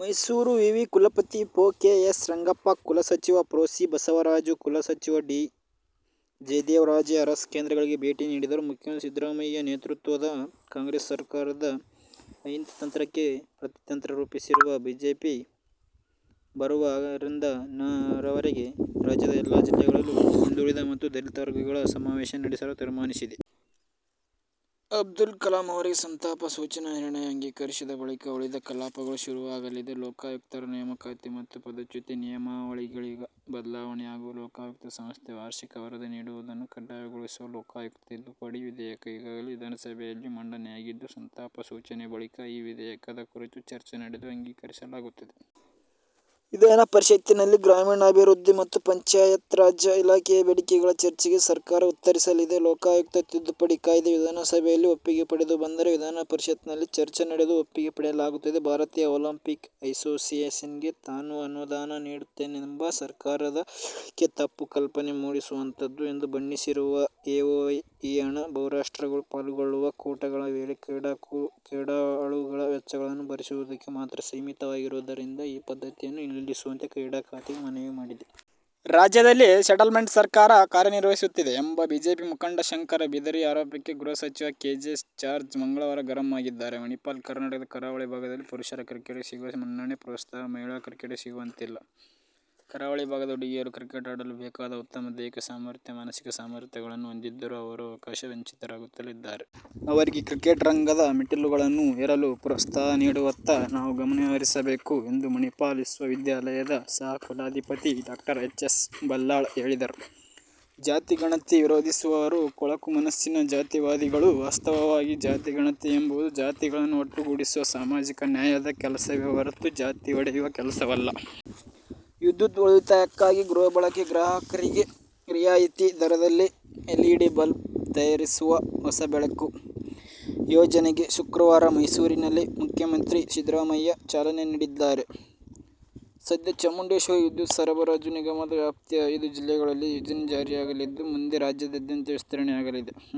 ಮೈಸೂರು ವಿವಿ ಕುಲಪತಿ pro. K. S. Rangappa, ಕುಲಸಚಿವ ಪ್ರೊ. ಸಿ. ಬಸವರಾಜು, ಕುಲಸಚಿವ ಡಿ. ಜಯದೇವರಾಜೇ ಅರಸ್ ಕೇಂದ್ರಗಳಿಗೆ ಭೇಟಿ ನೀಡಿದರು. ಮುಖ್ಯಮಂತ್ರಿ ಸಿದ್ದರಾಮಯ್ಯ ನೇತೃತ್ವದ ಕಾಂಗ್ರೆಸ್ ಸರ್ಕಾರದ ಅಹಿಂದ ತಂತ್ರಕ್ಕೆ ಪ್ರತಿತಂತ್ರ ರೂಪಿಸಿರುವ ಬಿಜೆಪಿ, ಬರುವ ಅ. ರಿಂದ ನ. ರವರೆಗೆ ರಾಜ್ಯದ ಎಲ್ಲ ಜಿಲ್ಲೆಗಳಲ್ಲೂ ಹಿಂದುಳಿದ ಮತ್ತು ದಲಿತ ವರ್ಗಗಳ ಸಮಾವೇಶ ನಡೆಸಲು ತೀರ್ಮಾನಿಸಿದೆ. ಅಬ್ದುಲ್ ಕಲಾಂ ಅವರಿಗೆ ಸಂತಾಪ ಸೂಚನಾ ನಿರ್ಣಯ ಅಂಗೀಕರಿಸಿದ ಬಳಿಕ ಉಳಿದ ಕಲಾಪಗಳು ಶುರುವಾಗಲಿದೆ. ಲೋಕಾಯುಕ್ತರ ನೇಮಕಾತಿ ಮತ್ತು ಪದಚ್ಯುತಿ ನಿಯಮಾವಳಿಗಳ ಬದಲಾವಣೆ ಹಾಗೂ ಲೋಕಾಯುಕ್ತ ಸಂಸ್ಥೆ ವಾರ್ಷಿಕ ವರದಿ ನೀಡುವುದನ್ನು ಕಡ್ಡಾಯಗೊಳಿಸುವ ಲೋಕಾಯುಕ್ತ ತಿದ್ದುಪಡಿ ವಿಧೇಯಕ ಈಗಾಗಲೇ ವಿಧಾನಸಭೆಯಲ್ಲಿ ಮಂಡನೆಯಾಗಿದ್ದು, ಸಂತಾಪ ಸೂಚನೆ ಬಳಿಕ ಈ ವಿಧೇಯಕದ ಕುರಿತು ಚರ್ಚೆ ನಡೆದು ಅಂಗೀಕರಿಸಲಾಗುತ್ತದೆ. ವಿಧಾನ ಪರಿಷತ್ತಿನಲ್ಲಿ ಗ್ರಾಮೀಣಾಭಿವೃದ್ಧಿ ಮತ್ತು ಪಂಚಾಯತ್ರಾಜ್ ಇಲಾಖೆಯ ಬೇಡಿಕೆಗಳ ಚರ್ಚೆಗೆ ಸರ್ಕಾರ ಉತ್ತರಿಸಲಿದೆ. ಲೋಕಾಯುಕ್ತ ತಿದ್ದುಪಡಿ ಕಾಯ್ದೆ ವಿಧಾನಸಭೆಯಲ್ಲಿ ಒಪ್ಪಿಗೆ ಪಡೆದು ಬಂದರೆ ವಿಧಾನ ಪರಿಷತ್ತಿನಲ್ಲಿ ಚರ್ಚೆ ನಡೆದು ಒಪ್ಪಿಗೆ ಪಡೆಯಲಾಗುತ್ತದೆ. ಭಾರತೀಯ ಒಲಿಂಪಿಕ್ ಎಸೋಸಿಯೇಶನ್ಗೆ ತಾನು ಅನುದಾನ ನೀಡುತ್ತಿದ್ದೇನೆಂಬ ಸರಕಾರದ ಹೇಳಿಕೆ ತಪ್ಪು ಕಲ್ಪನೆ ಮೂಡಿಸುವಂಥದ್ದುಎಂದು ಬಣ್ಣಿಸಿರುವ ಐಒಎ, ಈ ಹಣ ಬಹುರಾಷ್ಟ್ರಗಳು ಪಾಲ್ಗೊಳ್ಳುವ ಕೂಟಗಳ ವೇಳೆ ಕ್ರೀಡಾಳುಗಳ ವೆಚ್ಚಗಳನ್ನು ಭರಿಸುವುದಕ್ಕೆ ಮಾತ್ರ ಸೀಮಿತವಾಗಿರುವುದರಿಂದ ಈ ಪದ್ಧತಿಯನ್ನು ನಿಲ್ಲಿಸುವಂತೆ ಕ್ರೀಡಾ ಖಾತೆಗೆ ಮನವಿ ಮಾಡಿದೆ. ರಾಜ್ಯದಲ್ಲಿ ಸೆಟಲ್ ಮೆಂಟ್ ಸರ್ಕಾರ ಕಾರ್ಯನಿರ್ವಹಿಸುತ್ತಿದೆ ಎಂಬ ಬಿಜೆಪಿ ಮುಖಂಡ ಶಂಕರ ಬಿದರಿ ಆರೋಪಕ್ಕೆ ಗೃಹಸಚಿವ ಕೆ. ಜೆ. ಜಾರ್ಜ್ ಮಂಗಳವಾರ ಗರಂ ಆಗಿದ್ದಾರೆ. ಮಣಿಪಾಲ ಕರ್ನಾಟಕದ ಕರಾವಳಿ ಭಾಗದಲ್ಲಿ ಪುರುಷರ ಕ್ರಿಕೆಟಿಗೆ ಸಿಗುವ ಮನ್ನಣೆ, ಪ್ರೋತ್ಸಾಹ ಮಹಿಳಾ ಕ್ರಿಕೆಟಿಗೆ ಸಿಗುತ್ತಿಲ್ಲ. ಕರಾವಳಿ ಭಾಗದ ಹುಡುಗಿಯರು ಕ್ರಿಕೆಟ್ಆಡಲು ಬೇಕಾದ ಉತ್ತಮ ದೈಹಿಕ ಸಾಮರ್ಥ್ಯ, ಮಾನಸಿಕ ಸಾಮರ್ಥ್ಯಗಳನ್ನು ಹೊಂದಿದ್ದರೂ ಅವರು ಅವಕಾಶ ವಂಚಿತರಾಗುತ್ತಲೇ ಇದ್ದಾರೆ. ಅವರಿಗೆ ಕ್ರಿಕೆಟ್ ರಂಗದ ಮೆಟ್ಟಿಲುಗಳನ್ನು ಏರಲು ಪೋ›ತ್ಸಾಹ ನೀಡುವತ್ತ ನಾವು ಗಮನಹರಿಸಬೇಕು ಎಂದು ಮಣಿಪಾಲ ವಿಶ್ವವಿದ್ಯಾಲಯದ ಸಹ ಕುಲಾಧಿಪತಿ ಡಾ ಎಚ್. ಎಸ್. ಬಲ್ಲಾಳ್ ಹೇಳಿದರು. "ಜಾತಿ ಜನಗಣತಿ ವಿರೋಧಿಸುವವರು ಕೊಳಕು ಮನಸ್ಸಿನ ಜಾತಿವಾದಿಗಳು. ವಾಸ್ತವವಾಗಿ ಜಾತಿ ಗಣತಿ ಎಂಬುದು ಜಾತಿಗಳನ್ನು ಒಟ್ಟುಗೂಡಿಸುವ ಸಾಮಾಜಿಕ ನ್ಯಾಯದ ಕೆಲಸವೇ ಹೊರತು ಜಾತಿ ಒಡೆಯುವ ಕೆಲಸವಲ್ಲ. ವಿದ್ಯುತ್ ಉಳಿತಾಯಕ್ಕಾಗಿ ಗೃಹ ಬಳಕೆ ಗ್ರಾಹಕರಿಗೆ ರಿಯಾಯಿತಿ ದರದಲ್ಲಿ ಎಲ್ಇಡಿ ಬಲ್ಬ್ವಿ ತರಿಸುವ 'ಹೊಸ ಬೆಳಕು' ಯೋಜನೆಗೆ ಶುಕ್ರವಾರ ಮೈಸೂರಿನಲ್ಲಿ ಮುಖ್ಯಮಂತ್ರಿ ಸಿದ್ದರಾಮಯ್ಯ ಚಾಲನೆ ನೀಡಲಿದ್ದಾರೆ. ಸದ್ಯ ಚಾಮುಂಡೇಶ್ವರಿ ವಿದ್ಯುತ್ ಸರಬರಾಜು ನಿಗಮ ದ ವ್ಯಾಪ್ತಿಯ ಐದು ಜಿಲ್ಲೆಗಳಲ್ಲಿ ಯೋಜನೆ ಜಾರಿಯಾಗಲಿದ್ದು, ಮುಂದೆ ರಾಜ್ಯಾದ್ಯಂತ ವಿಸ್ತರಣೆಯಾಗಲಿದೆ.